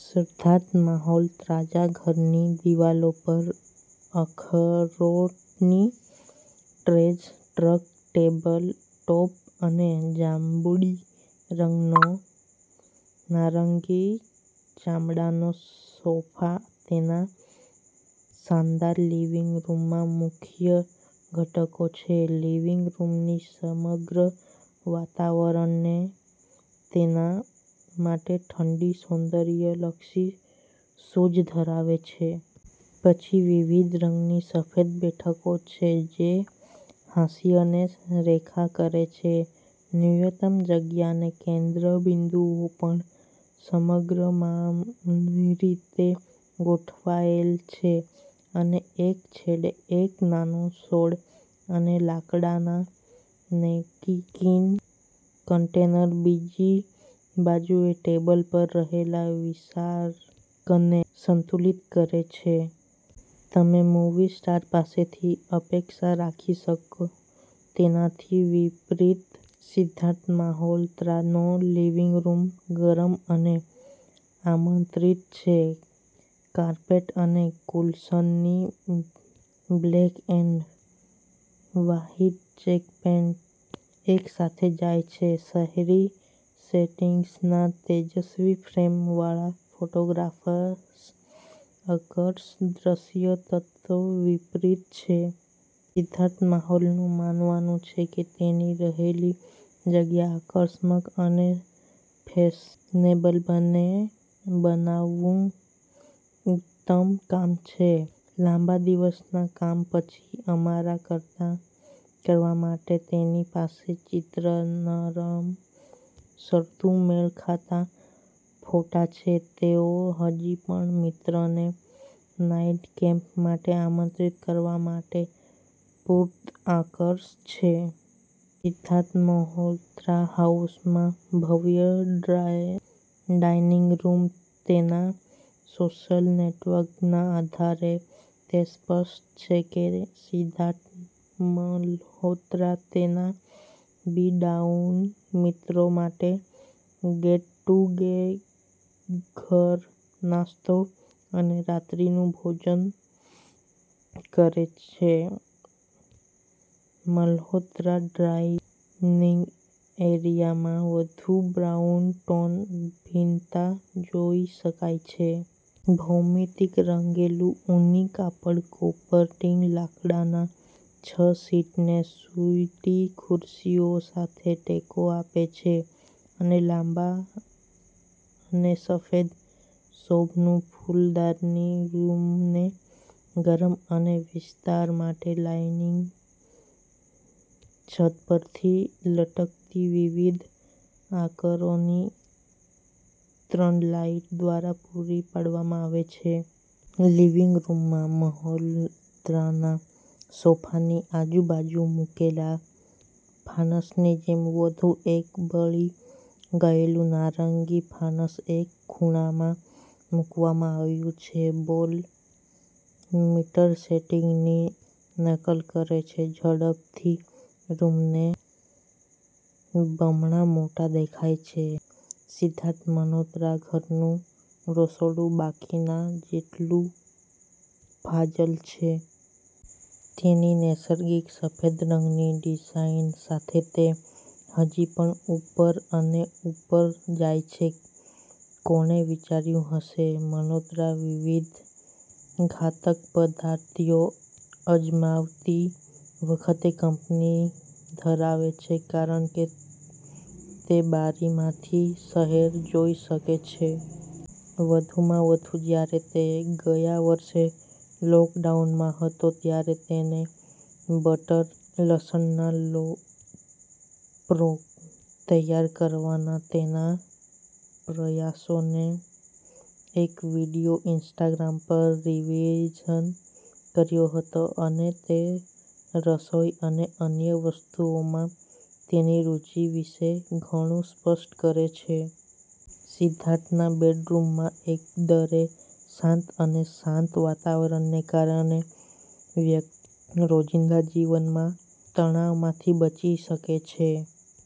સિદ્ધાર્થ મલ્હોત્રાના ઘરની દિવાલો પર અખરોટનું ટ્રેઝર, ટ્રંક ટેબલ ટોપ અને જાંબુડિયા રંગનો નારંગી ચામડાનો સોફા તેના શાનદાર લિવિંગ રૂમના મુખ્ય ઘટકો છે. લિવિંગ રૂમનું સમગ્ર વાતાવરણ તેના માટે ઠંડી સૌંદર્યલક્ષી સૂઝ ધરાવે છે. પછી વિવિધ રંગીન સફેદ બેઠકો છે જે હાંસિયાને રેખા કરે છે. ન્યૂનતમ જગ્યાના કેન્દ્રબિંદુઓ પણ સમપ્રમાણરીતે ગોઠવાયેલા છે. એક છેડે એક નાનો છોડ અને લાકડાના નેપકિન કન્ટેનર, બીજી બાજુના ટેબલ પર રહેલા વિસારકને સંતુલિત કરે છે. તમે મૂવી સ્ટાર પાસેથી અપેક્ષા રાખી શકો તેનાથી વિપરીત, સિદ્ધાર્થ મલ્હોત્રાનો લિવિંગ રૂમ ગરમ અને આમંત્રિત છે. કાર્પેટ અને કુશનની black and white check pattern એકસાથે જાય છે. શહેરી સેટિંગ્સના તેજસ્વી ફ્રેમ વાળા ફોટોગ્રાફ્સ અસ્પષ્ટ દ્રશ્યથી તદ્દન વિપરીત છે. સિદ્ધાર્થ મલ્હોત્રાનું માનવું છે કે તેની રહેવાની જગ્યા આરામદાયક અને ફેશનેબલ બંને બનવાનું ઉત્તમ કામ કરે છે. લાંબા દિવસના કામ પછી આરામ કરવા માટે તેની પાસે ચિત્ર-નરમ, સસ્તું, મેળખાતા સોફા છે. તેઓ હજી પણ મિત્રને નાઈટકેપ માટે આમંત્રિત કરવા માટે પૂરતા આકર્ષક છે. સિદ્ધાર્થ મલ્હોત્રા હાઉસમાં ભવ્ય ડાઇનિંગ રૂમ, તેના સોશિયલ નેટવર્કના આધારે, તે સ્પષ્ટ છે કે સિદ્ધાર્થ મલ્હોત્રા તેના બી-ટાઉન મિત્રો માટે ગેટ-ટુગેધર, નાસ્તો અને રાત્રિભોજનનું આયોજન કરે છે. મલ્હોત્રાના ડાઇનિંગ એરિયામાં વધુ બ્રાઉન-ટોન ભિન્નતા જોઈ શકાય છે. ભૌમિતિક રંગેલું ઊની કાપડ કાર્પેટીંગ લાકડાના છ-સીટરને સ્યુડે ખુરશીઓ સાથે ટેકો આપે છે અને લાલ અને સફેદ સુશોભન ફૂલદાની રૂમને ગરમ કરે છે. વિસ્તાર માટે લાઇટિંગ છત પરથી લટકતી વિવિધ આકારોની ત્રણ લાઇટ દ્વારા પૂરી પાડવામાં આવે છે. લિવિંગ રૂમમાં મલ્હોત્રાના સોફાની આજુબાજુ મૂકેલા ફાનસની જેમ વધુ એક બળી ગયેલું નારંગી ફાનસ એક ખૂણામાં મૂકવામાં આવ્યું છે. વોલ મિરર સેટિંગની નકલ કરે છે. ઝડપથી રૂમને બમણા મોટા દેખાય છે. સિદ્ધાર્થ મલ્હોત્રાના ઘરનું રસોડું બાકીના જેટલું ફાજલ છે. તેની નૈસર્ગિક, સફેદ રંગની ડિઝાઇન સાથે, તે હજી પણ ઉપર અને ઉપર જાય છે. કોણે વિચાર્યું હશે? મલ્હોત્રા વિવિધ ખાદ્યપદાર્થો અજમાવતી વખતે કંપની ધરાવે છે કારણ કે તે બારીમાંથી શહેર જોઈ શકે છે. વધુમાં, જ્યારે તે ગયા વર્ષે લોકડાઉનમાં હતો, ત્યારે તેણે બટર લસણના પ્રોન તૈયાર કરવાના તેના પ્રયાસોનો એક વીડિયો ઇન્સ્ટાગ્રામ પર રિલીઝ કર્યો હતો. અને તે રસોઈ અને અન્ય વસ્તુઓમાં તેમની રુચિ વિશે ઘણું સ્પષ્ટ કરે છે. સિધ્ધાર્થના બેડરૂમમાં એકંદરે શાંત અને શાંત વાતાવરણને કારણે વ્યક્તિ રોજિંદા જીવનના તણાવમાંથી બચી શકે છે.